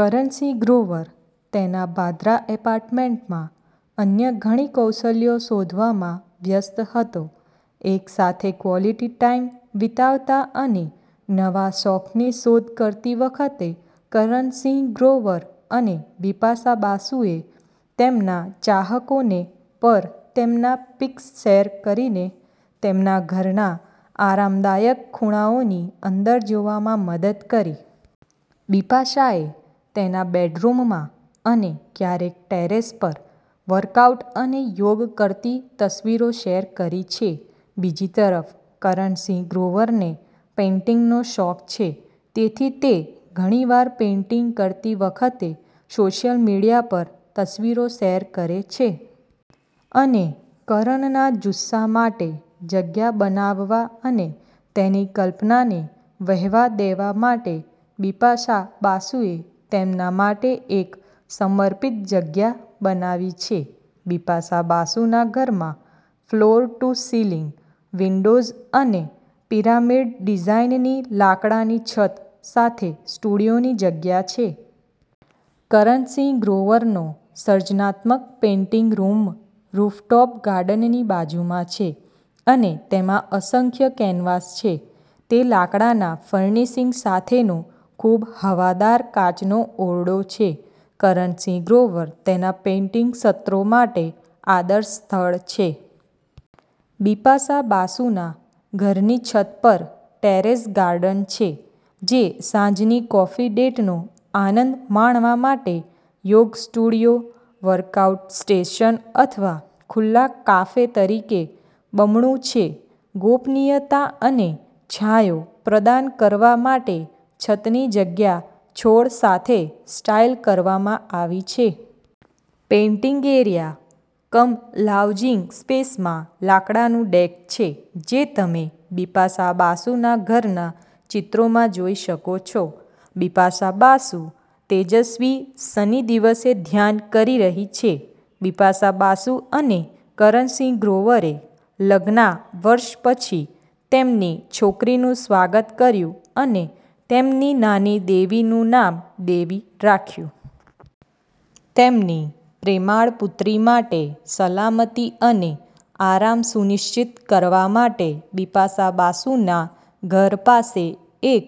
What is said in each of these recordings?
કરણ સિંહ ગ્રોવર તેના બાંદ્રા એપાર્ટમેન્ટમાં અન્ય ઘણી કૌશલ્યો શોધવામાં વ્યસ્ત હતો. એકસાથે ક્વોલિટી ટાઈમ વિતાવતા અને નવા શોખની શોધ કરતી વખતે કરણ સિંહ ગ્રોવર અને બિપાશા બાસુએ તેમના ચાહકોને પર તેમના પિક્સ શેર કરીને તેમના ઘરના આરામદાયક ખૂણાઓની અંદર જોવામાં મદદ કરી. બિપાશાએ તેના બેડરૂમમાં અને ક્યારેક ટેરેસ પર વર્કઆઉટ અને યોગ કરતી તસવીરો શેર કરી છે. બીજી તરફ કરણ સિંહ ગ્રોવરને પેઇન્ટિંગનો શોખ છે તેથી તે ઘણીવાર પેઇન્ટિંગ કરતી વખતે સોશિયલ મીડિયા પર તસવીરો શેર કરે છે. અને કરણના જુસ્સા માટે જગ્યા બનાવવા અને તેની કલ્પનાને વહેવા દેવા માટે બિપાશા બાસુએ તેમના માટે એક સમર્પિત જગ્યા બનાવી છે. બિપાશા બાસુના ઘરમાં ફ્લોર-ટુ-સીલિંગ વિન્ડોઝ અને પિરામિડ ડિઝાઇનની લાકડાની છત સાથે સ્ટુડિયોની જગ્યા છે. કરણ સિંહ ગ્રોવરનો સર્જનાત્મક પેઇન્ટિંગ રૂમ રૂફટોપ ગાર્ડનની બાજુમાં છે અને તેમાં અસંખ્ય કેનવાસ છે. તે લાકડાના ફર્નિશિંગ સાથેનો ખૂબ હવાદાર કાચનો ઓરડો છે. કરણ સિંહ ગ્રોવર તેના પેઇન્ટિંગ સત્રો માટે આદર્શ સ્થળ છે. બિપાશા બાસુના ઘરની છત પર ટેરેસ ગાર્ડન છે જે સાંજની કોફી ડેટનો આનંદ માણવા માટે, યોગ સ્ટુડિયો, વર્કઆઉટ સ્ટેશન અથવા ખુલ્લા કાફે તરીકે બમણું છે. ગોપનીયતા અને છાંયો પ્રદાન કરવા માટે છતની જગ્યા છોડ સાથે સ્ટાઇલ કરવામાં આવી છે. પેઇન્ટિંગ એરિયા કમ લાઉન્જિંગ સ્પેસમાં લાકડાનું ડેક છે જે તમે બિપાશા બાસુના ઘરના ચિત્રોમાં જોઈ શકો છો. બિપાશા બાસુ તેજસ્વી સન્ની દિવસે ધ્યાન કરી રહી છે. બિપાશા બાસુ અને કરણ સિંહ ગ્રોવરે લગ્નનાવર્ષ પછી તેમની છોકરીનું સ્વાગત કર્યું અને તેમની નાની દેવીનું નામ "દેવી" રાખ્યું. તેમની પ્રેમાળ પુત્રી માટે સલામતી અને આરામ સુનિશ્ચિત કરવા માટે બિપાશા બાસુના ઘર પાસે એક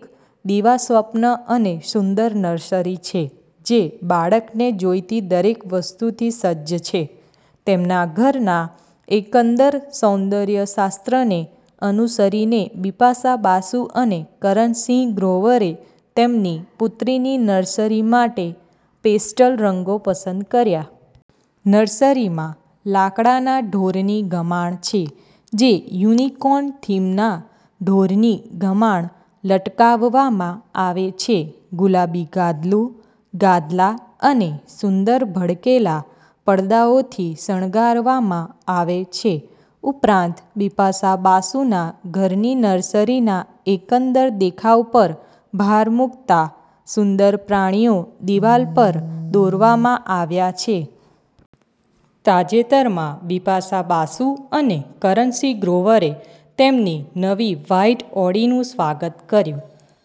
દિવાસ્વપ્ન અને સુંદર નર્સરી છે જે બાળકને જોઈતી દરેક વસ્તુથી સજ્જ છે. તેમના ઘરના એકંદર સૌંદર્ય શાસ્ત્રને અનુસરીને બિપાશા બાસુ અને કરણ સિંહ ગ્રોવરે તેમની પુત્રીની નર્સરી માટે પેસ્ટલ રંગો પસંદ કર્યા. નર્સરીમાં લાકડાના ઢોરની ગમાણ છે જે યુનિકોર્ન થીમના ઢોરની ગમાણ લટકાવવામાં આવે છે. ગુલાબી ગાદલું, ગાદલા અને સુંદર ભડકેલા પડદાઓથી શણગારવામાં આવે છે. ઉપરાંત, બિપાશા બાસુના ઘરની નર્સરીના એકંદર દેખાવ પર ભાર મૂકતા, સુંદર પ્રાણીઓ દિવાલ પર દોરવામાં આવ્યા છે. તાજેતરમાં બિપાશા બાસુ અને કરણ સિંહ ગ્રોવરે તેમની નવી વ્હાઇટ ઓડી નું સ્વાગત કર્યું.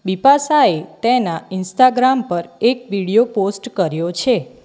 બિપાશાએ તેના ઇન્સ્ટાગ્રામ પર એક વિડિયો પોસ્ટ કર્યો છે.